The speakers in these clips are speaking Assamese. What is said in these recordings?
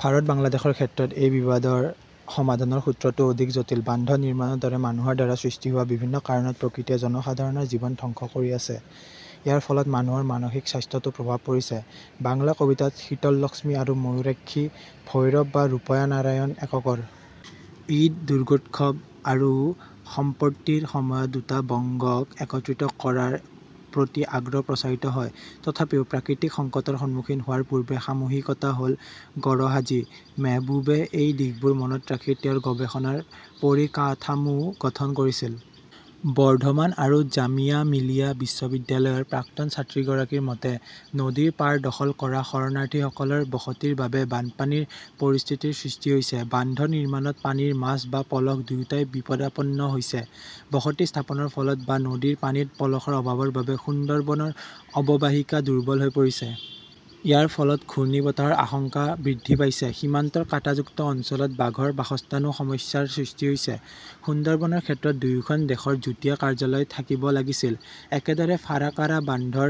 ভাৰত, বাংলাদেশৰ ক্ষেত্ৰত এই বিবাদৰ সমাধানৰ সূত্ৰটো অধিক জটিল। বান্ধ নিৰ্মাণৰ দৰে মানুহৰ দ্বাৰা সৃষ্টি হোৱা বিভিন্ন কাৰণত প্ৰকৃতিয়ে জনসাধাৰণৰ জীৱন ধ্বংস কৰি আছে। ইয়াৰ ফলত মানুহৰ মানসিক স্বাস্থ্যতো প্ৰভাৱ পৰিছে। "বাংলা কবিতাত শীতললক্ষ্মী আৰু ময়ূৰাক্ষী, ভৈৰাব বা ৰূপনাৰায়ণ এককৰ। ঈদ, দুৰগোৎসব আৰু সম্পৰ্তীৰ সময়ত দুটা বংগক একত্ৰিত কৰাৰ প্ৰতি আগ্ৰহ প্ৰচাৰিত হয়। তথাপিও, প্ৰাকৃতিক সংকটৰ সন্মুখীন হোৱাৰ পূৰ্বে সামূহিকতা হ "ল গৰহাজী। মেহবুবে এই দিশবোৰ মনত ৰাখি তেওঁৰ গৱেষণাৰ পৰিকাঠামো গঠন কৰিছিল। বৰ্ধমান আৰু জামিয়া মিলিয়া বিশ্ববিদ্যালয়ৰ প্ৰাক্তন ছাত্ৰীগৰাকীৰ মতে, "নদীৰ পাৰ দখল কৰা শৰণাৰ্থীসকলৰ বসতিৰ বাবে বানপানীৰ পৰিস্থিতিৰ সৃষ্টি হৈছে। বান্ধ নিৰ্মাণত পানীৰ মাছ বা পলস দুয়োটাই বিপদাপন্ন হৈছে। বসতি স্থাপনৰ ফলত বা নদীৰ পানীত পলসৰ অভাৱৰ বাবে সুন্দৰবনৰ অৱবাহিকা দুৰ্বল হৈ পৰিছে। ইয়াৰ ফলত ঘূৰ্ণীবতাহৰ আশংকা বৃদ্ধি পাইছে। সীমান্তৰ কাঁটাযুক্ত অঞ্চলত বাঘৰ বাসস্থানতো সমস্যাৰ সৃষ্টি হৈছে। সুন্দৰবনৰ ক্ষেত্ৰত দুয়োখন দেশৰ যুটীয়া কাৰ্যালয় থাকিব লাগিছিল। "একেদৰে ফাৰাকাৰা বান্ধৰ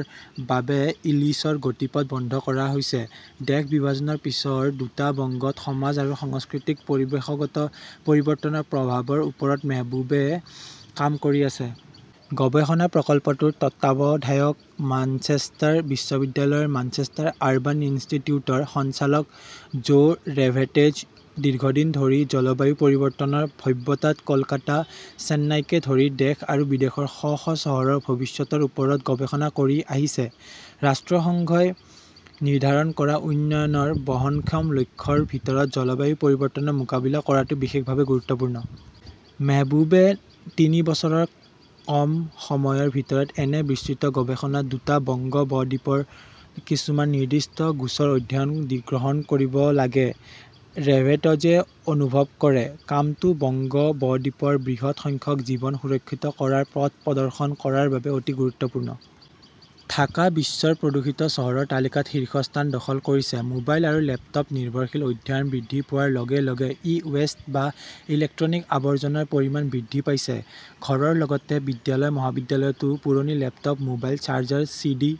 বাবে ইলিছৰ গতিপথ বন্ধ কৰা হৈছে। দেশ বিভাজনৰ পিছৰ দুটা বংগত সমাজ আৰু সংস্কৃতিত পৰিৱেশগত পৰিৱৰ্তনৰ প্ৰভাৱৰ ওপৰত মেহবুবে কাম কৰি আছে। গৱেষণা প্ৰকল্পটোৰ তত্ত্বাৱধায়ক মাঞ্চেষ্টাৰ বিশ্ববিদ্যালয়ৰ মাঞ্চেষ্টাৰ আৰবান ইনষ্টিটিউটৰ সঞ্চালক জো ৰেভেট্জে দীৰ্ঘদিন ধৰি জলবায়ু পৰিৱৰ্তনৰ ভব্যতাত কলকাতা, চেন্নাইকে ধৰি দেশ আৰু বিদেশৰ শ শ চহৰৰ ভৱিষ্যতৰ ওপৰত গৱেষণা কৰি আহিছে। ৰাষ্ট্ৰসংঘই নিৰ্ধাৰণ কৰা উন্নয়নৰ বহনক্ষম লক্ষ্যৰ ভিতৰত জলবায়ু পৰিৱৰ্তনৰ মোকাবিলা কৰাটো বিশেষভাৱে গুৰুত্বপূৰ্ণ। "মেহবুবে তিনি বছৰৰ কম সময়ৰ ভিতৰত এনে বিস্তৃত গৱেষণাত দুটা বংগ ব-দ্বীপৰ কিছুমান নিৰ্দিষ্ট গোচৰ-অধ্যয়ন গ্ৰহণ কৰিব লাগে", ৰেভেটজে অনুভৱ কৰে। কামটো বংগ ব-দ্বীপৰ বৃহৎ সংখ্যক জীৱন সুৰক্ষিত কৰাৰ পথ প্ৰদৰ্শন কৰাৰ বাবে অতি গুৰুত্বপূৰ্ণ। "। ঢাকা বিশ্বৰ প্ৰদূষিত চহৰৰ তালিকাত শীৰ্ষস্থান দখল কৰিছে মোবাইল আৰু লেপটপ-নিৰ্ভৰশীল অধ্যয়ন বৃদ্ধি পোৱাৰ লগে লগে ই-ৱেষ্ট বা ইলেক্ট্ৰনিক আৱৰ্জনাৰ পৰিমাণ বৃদ্ধি পাইছে। ঘৰৰ লগতে বিদ্যালয়-মহাবিদ্যালয়তো পুৰণি laptop, mobile, charger, C. D.,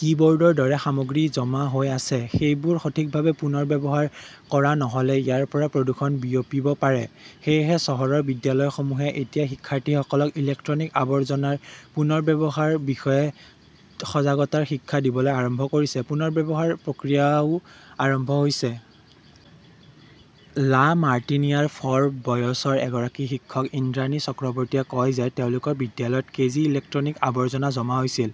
কিবৰ্ডৰ দৰে সামগ্ৰী জমা হৈ আছে। সেইবোৰ সঠিকভাৱে পুনৰ্ব্যৱহাৰ কৰা নহ "লে ইয়াৰ পৰা প্ৰদূষণ বিয়পিব পাৰে। সেয়েহে চহৰৰ বিদ্যালয়সমূহে এতিয়া শিক্ষাৰ্থীসকলক ইলেক্ট্ৰনিক আৱৰ্জনাৰ পুনৰ্ব্যৱহাৰৰ বিষয়ে সজাগতাৰ শিক্ষা দিবলৈ আৰম্ভ কৰিছে। পুনৰ্ব্যৱহাৰৰ প্ৰক্ৰিয়াও আৰম্ভ হৈছে। লা মাৰ্টিনিয়াৰ ফৰ বয়ছৰ এগৰাকী শিক্ষক ইন্দ্ৰাণী চক্ৰৱৰ্তীয়ে কয় যে তেওঁলোকৰ বিদ্যালয়ত কেজি ইলেক্ট্ৰনিক আৱৰ্জনা জমা হৈছিল।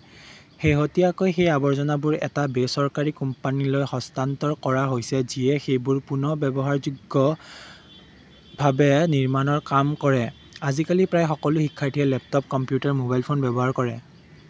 শেহতীয়াকৈ সেই আৱৰ্জনাবোৰ এটা বেচৰকাৰী কোম্পানীলৈ হস্তান্তৰ কৰা হৈছে যিয়ে সেইবোৰ পুনৰ্ব্যৱহাৰযোগ্যভাৱে নিৰ্মাণৰ কাম কৰে। "আজিকালি প্ৰায় সকলো শিক্ষাৰ্থীয়ে লেপটপ, কম্পিউটাৰ, মোবাইল ফোন ব্যৱহাৰ কৰে",